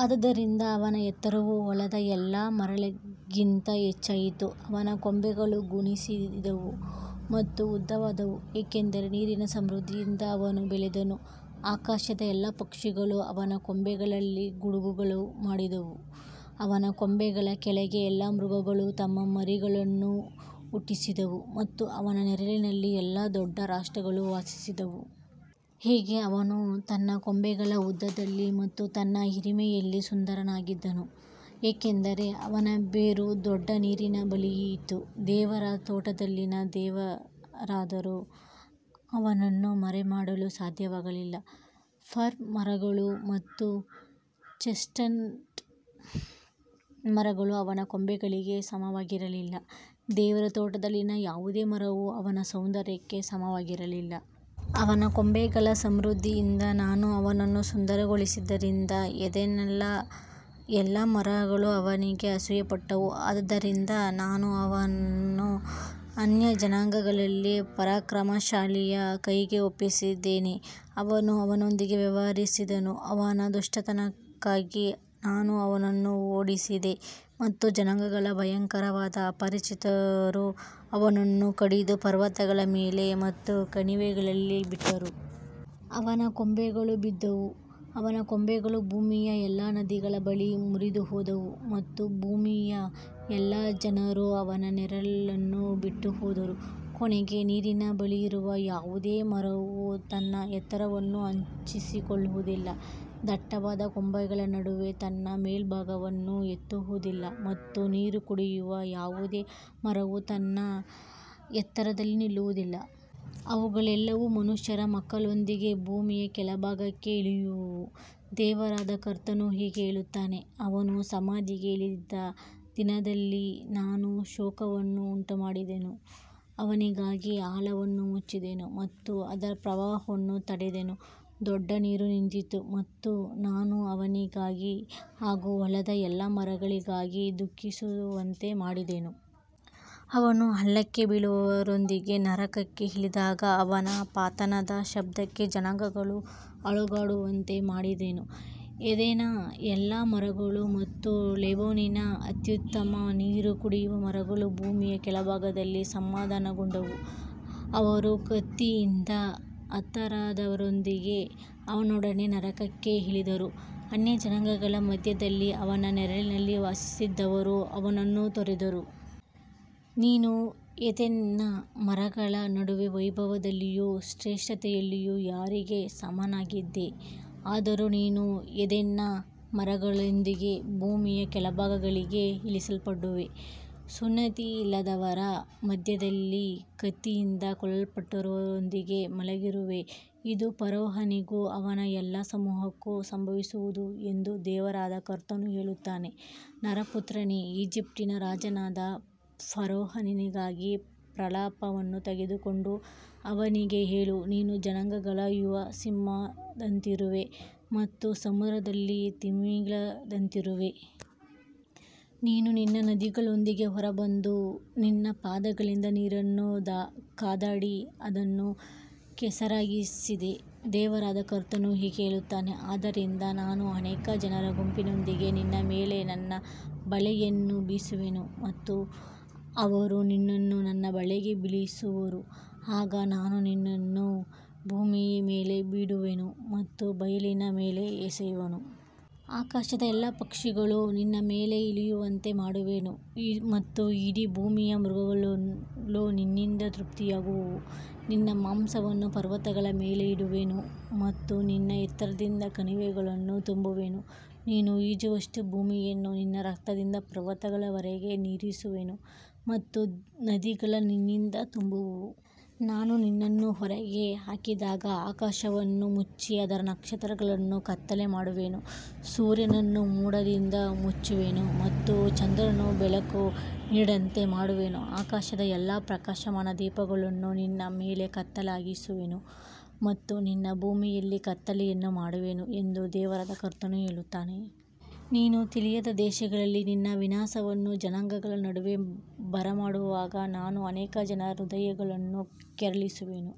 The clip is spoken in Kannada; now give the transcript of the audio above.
ಆದದರಿಂದ ಅವನ ಎತ್ತರವು ಹೊಲದ ಎಲ್ಲಾ ಮರಗಳಿಗಿಂತ ಹೆಚ್ಚಾಯಿತು, ಅವನ ಕೊಂಬೆಗಳು ಗುಣಿಸಿದವು ಮತ್ತು ಉದ್ದವಾದವು, ಏಕೆಂದರೆ ನೀರಿನ ಸಮೃದ್ಧಿಯಿಂದ ಅವನು ಬೆಳೆದನು. ಆಕಾಶದ ಎಲ್ಲಾ ಪಕ್ಷಿಗಳು ಅವನ ಕೊಂಬೆಗಳಲ್ಲಿ ಗೂಡುಗಳನ್ನು ಮಾಡಿದವು, ಅವನ ಕೊಂಬೆಗಳ ಕೆಳಗೆ ಎಲ್ಲಾ ಮೃಗಗಳು ತಮ್ಮ ಮರಿಗಳನ್ನು ಹುಟ್ಟಿಸಿದವು ಮತ್ತು ಅವನ ನೆರಳಿನಲ್ಲಿ ಎಲ್ಲಾ ದೊಡ್ಡ ರಾಷ್ಟ್ರಗಳು ವಾಸಿಸಿದವು. ಹೀಗೆ ಅವನು ತನ್ನ ಕೊಂಬೆಗಳ ಉದ್ದದಲ್ಲಿ ಮತ್ತು ತನ್ನ ಹಿರಿಮೆಯಲ್ಲಿ ಸುಂದರನಾಗಿದ್ದನು, ಏಕೆಂದರೆ ಅವನ ಬೇರು ದೊಡ್ಡ ನೀರಿನ ಬಳಿಯಿತ್ತು. ದೇವರ ತೋಟದಲ್ಲಿನ ದೇವದಾರುಗಳು ಅವನನ್ನು ಮರೆಮಾಡಲು ಸಾಧ್ಯವಾಗಲಿಲ್ಲ, ಫರ್ ಮರಗಳು ಮತ್ತು ಚೆಸ್ಟ್ನಟ್ ಮರಗಳು ಅವನ ಕೊಂಬೆಗಳಿಗೆ ಸಮವಾಗಿರಲಿಲ್ಲ, ದೇವರ ತೋಟದಲ್ಲಿನ ಯಾವುದೇ ಮರವೂ ಅವನ ಸೌಂದರ್ಯಕ್ಕೆ ಸಮವಾಗಿರಲಿಲ್ಲ. ಅವನ ಕೊಂಬೆಗಳ ಸಮೃದ್ಧಿಯಿಂದ ನಾನು ಅವನನ್ನು ಸುಂದರಗೊಳಿಸಿದ್ದರಿಂದ ಏದೆನ್ನ ಎಲ್ಲಾ ಮರಗಳು ಅವನಿಗೆ ಅಸೂಯೆಪಟ್ಟವು. ಆದದರಿಂದ ನಾನು ಅವನನ್ನು ಅನ್ಯಜನಾಂಗಗಳಲ್ಲಿ ಪರಾಕ್ರಮಶಾಲಿಯ ಕೈಗೆ ಒಪ್ಪಿಸಿದ್ದೇನೆ. ಅವನು ಅವನೊಂದಿಗೆ ವ್ಯವಹರಿಸಿದನು. ಅವನ ದುಷ್ಟತನಕ್ಕಾಗಿ ನಾನು ಅವನನ್ನು ಓಡಿಸಿದೆ ಮತ್ತು ಜನಾಂಗಗಳ ಭಯಂಕರವಾದ ಅಪರಿಚಿತರು ಅವನನ್ನು ಕಡಿದು ಪರ್ವತಗಳ ಮೇಲೆ ಮತ್ತು ಕಣಿವೆಗಳಲ್ಲಿ ಬಿಟ್ಟರು. ಅವನ ಕೊಂಬೆಗಳು ಬಿದ್ದವು, ಅವನ ಕೊಂಬೆಗಳು ಭೂಮಿಯ ಎಲ್ಲಾ ನದಿಗಳ ಬಳಿ ಮುರಿದುಹೋದವು ಮತ್ತು ಭೂಮಿಯ ಎಲ್ಲಾ ಜನರು ಅವನ ನೆರಳನ್ನು ಬಿಟ್ಟುಹೋದರು. ಕೊನೆಗೆ, ನೀರಿನ ಬಳಿಯಿರುವ ಯಾವುದೇ ಮರವು ತನ್ನ ಎತ್ತರವನ್ನು ಹೆಚ್ಚಿಸಿಕೊಳ್ಳುವುದಿಲ್ಲ, ದಟ್ಟವಾದ ಕೊಂಬೆಗಳ ನಡುವೆ ತನ್ನ ಮೇಲ್ಭಾಗವನ್ನು ಎತ್ತುವುದಿಲ್ಲ ಮತ್ತು ನೀರು ಕುಡಿಯುವ ಯಾವುದೇ ಮರವು ತನ್ನ ಎತ್ತರದಲ್ಲಿ ನಿಲ್ಲುವುದಿಲ್ಲ. ಅವುಗಳೆಲ್ಲವೂ ಮನುಷ್ಯರ ಮಕ್ಕಳೊಂದಿಗೆ ಭೂಮಿಯ ಕೆಳಭಾಗಕ್ಕೆ ಇಳಿಯುವವು. ದೇವರಾದ ಕರ್ತನು ಹೀಗೆ ಹೇಳುತ್ತಾನೆ, ಅವನು ಸಮಾಧಿಗೆ ಇಳಿದ ದಿನದಲ್ಲಿ ನಾನು ಶೋಕವನ್ನು ಉಂಟುಮಾಡಿದೆನು, ಅವನಿಗಾಗಿ ಆಳವನ್ನು ಮುಚ್ಚಿದೆನು ಮತ್ತು ಅದರ ಪ್ರವಾಹವನ್ನು ತಡೆದೆನು. ದೊಡ್ಡ ನೀರು ನಿಂತಿತು ಮತ್ತು ನಾನು ಅವನಿಗಾಗಿ ಹಾಗೂ ಹೊಲದ ಎಲ್ಲಾ ಮರಗಳಿಗಾಗಿ ದುಃಖಿಸುವಂತೆ ಮಾಡಿದೆನು. ಅವನು ಹಳ್ಳಕ್ಕೆ ಬೀಳುವವರೊಂದಿಗೆ ನರಕಕ್ಕೆ ಇಳಿದಾಗ ಅವನ ಪತನದ ಶಬ್ದಕ್ಕೆ ಜನಾಂಗಗಳು ಅಲುಗಾಡುವಂತೆ ಮಾಡಿದೆನು. ಏದೆನ್ನ ಎಲ್ಲಾ ಮರಗಳು ಮತ್ತು ಲೆಬನೋನಿನ ಅತ್ಯುತ್ತಮ ನೀರು ಕುಡಿಯುವ ಮರಗಳು ಭೂಮಿಯ ಕೆಳಭಾಗದಲ್ಲಿ ಸಮಾಧಾನಗೊಂಡವು. ಅವರು ಕತ್ತಿಯಿಂದ ಹತರಾದವರೊಂದಿಗೆ ಅವನೊಡನೆ ನರಕಕ್ಕೆ ಇಳಿದರು. ಅನ್ಯಜನಾಂಗಗಳ ಮಧ್ಯದಲ್ಲಿ ಅವನ ನೆರಳಿನಲ್ಲಿ ವಾಸಿಸಿದ್ದವರು ಅವನನ್ನು ತೊರೆದರು. ನೀನು ಏದೆನ್ನ ಮರಗಳ ನಡುವೆ ವೈಭವದಲ್ಲಿಯೂ ಶ್ರೇಷ್ಠತೆಯಲ್ಲಿಯೂ ಯಾರಿಗೆ ಸಮಾನನಾಗಿದ್ದೆ? ಆದರೂ ನೀನು ಏದೆನ್ನ ಮರಗಳೊಂದಿಗೆ ಭೂಮಿಯ ಕೆಳಭಾಗಗಳಿಗೆ ಇಳಿಸಲ್ಪಡುವೆ, ಸುನ್ನತಿಯಿಲ್ಲದವರ ಮಧ್ಯದಲ್ಲಿ ಕತ್ತಿಯಿಂದ ಕೊಲ್ಲಲ್ಪಟ್ಟವರೊಂದಿಗೆ ಮಲಗಿರುವೆ. ಇದು ಫರೋಹನಿಗೂ ಅವನ ಎಲ್ಲಾ ಸಮೂಹಕ್ಕೂ ಸಂಭವಿಸುವುದು ಎಂದು ದೇವರಾದ ಕರ್ತನು ಹೇಳುತ್ತಾನೆ. ನರಪುತ್ರನೇ, ಈಜಿಪ್ಟಿನ ರಾಜನಾದ ಫರೋಹನಿಗಾಗಿ ಪ್ರಲಾಪವನ್ನು ತೆಗೆದುಕೊಂಡು ಅವನಿಗೆ ಹೇಳು, ನೀನು ಜನಾಂಗಗಳ ಯುವ ಸಿಂಹದಂತಿರುವೆ ಮತ್ತು ಸಮುದ್ರಗಳಲ್ಲಿ ತಿಮಿಂಗಿಲದಂತಿರುವೆ. ನೀನು ನಿನ್ನ ನದಿಗಳೊಂದಿಗೆ ಹೊರಬಂದು ನಿನ್ನ ಪಾದಗಳಿಂದ ನೀರನ್ನು ಕದಡಿ ಅದನ್ನು ಕೆಸರಾಗಿಸಿದೆ. ದೇವರಾದ ಕರ್ತನು ಹೀಗೆ ಹೇಳುತ್ತಾನೆ, ಆದ್ದರಿಂದ ನಾನು ಅನೇಕ ಜನರ ಗುಂಪಿನೊಂದಿಗೆ ನಿನ್ನ ಮೇಲೆ ನನ್ನ ಬಲೆಯನ್ನು ಬೀಸುವೆನು ಮತ್ತು ಅವರು ನಿನ್ನನ್ನು ನನ್ನ ಬಲೆಗೆ ಬೀಳಿಸುವರು. ಆಗ ನಾನು ನಿನ್ನನ್ನು ಭೂಮಿಯ ಮೇಲೆ ಬಿಡುವೆನು ಮತ್ತು ಬಯಲಿನ ಮೇಲೆ ಎಸೆಯುವೆನು. ಆಕಾಶದ ಎಲ್ಲಾ ಪಕ್ಷಿಗಳು ನಿನ್ನ ಮೇಲೆ ಇಳಿಯುವಂತೆ ಮಾಡುವೆನು ಮತ್ತು ಇಡೀ ಭೂಮಿಯ ಮೃಗಗಳು ನಿನ್ನಿಂದ ತೃಪ್ತಿಯಾಗುವವು. ನಿನ್ನ ಮಾಂಸವನ್ನು ಪರ್ವತಗಳ ಮೇಲೆ ಇಡುವೆನು ಮತ್ತು ನಿನ್ನ ಎತ್ತರದಿಂದ ಕಣಿವೆಗಳನ್ನು ತುಂಬುವೆನು. ನೀನು ಈಜುವಷ್ಟು ಭೂಮಿಯನ್ನು ನಿನ್ನ ರಕ್ತದಿಂದ ಪರ್ವತಗಳವರೆಗೆ ನೀರಿಸುವೆನು ಮತ್ತು ನದಿಗಳು ನಿನ್ನಿಂದ ತುಂಬುವವು. ನಾನು ನಿನ್ನನ್ನು ಹೊರಗೆ ಹಾಕಿದಾಗ ಆಕಾಶವನ್ನು ಮುಚ್ಚಿ ಅದರ ನಕ್ಷತ್ರಗಳನ್ನು ಕತ್ತಲೆ ಮಾಡುವೆನು, ಸೂರ್ಯನನ್ನು ಮೋಡದಿಂದ ಮುಚ್ಚುವೆನು ಮತ್ತು ಚಂದ್ರನು ಬೆಳಕು ನೀಡದಂತೆ ಮಾಡುವೆನು. ಆಕಾಶದ ಎಲ್ಲಾ ಪ್ರಕಾಶಮಾನ ದೀಪಗಳನ್ನು ನಿನ್ನ ಮೇಲೆ ಕತ್ತಲೆಯಾಗಿಸುವೆನು ಮತ್ತು ನಿನ್ನ ಭೂಮಿಯಲ್ಲಿ ಕತ್ತಲೆಯನ್ನು ಮಾಡುವೆನು ಎಂದು ದೇವರಾದ ಕರ್ತನು ಹೇಳುತ್ತಾನೆ. ನೀನು ತಿಳಿಯದ ದೇಶಗಳಲ್ಲಿ ನಿನ್ನ ವಿನಾಶವನ್ನು ಜನಾಂಗಗಳ ನಡುವೆ ಬರಮಾಡುವಾಗ ನಾನು ಅನೇಕ ಜನರ ಹೃದಯಗಳನ್ನು ಕೆರಳಿಸುವೆನು.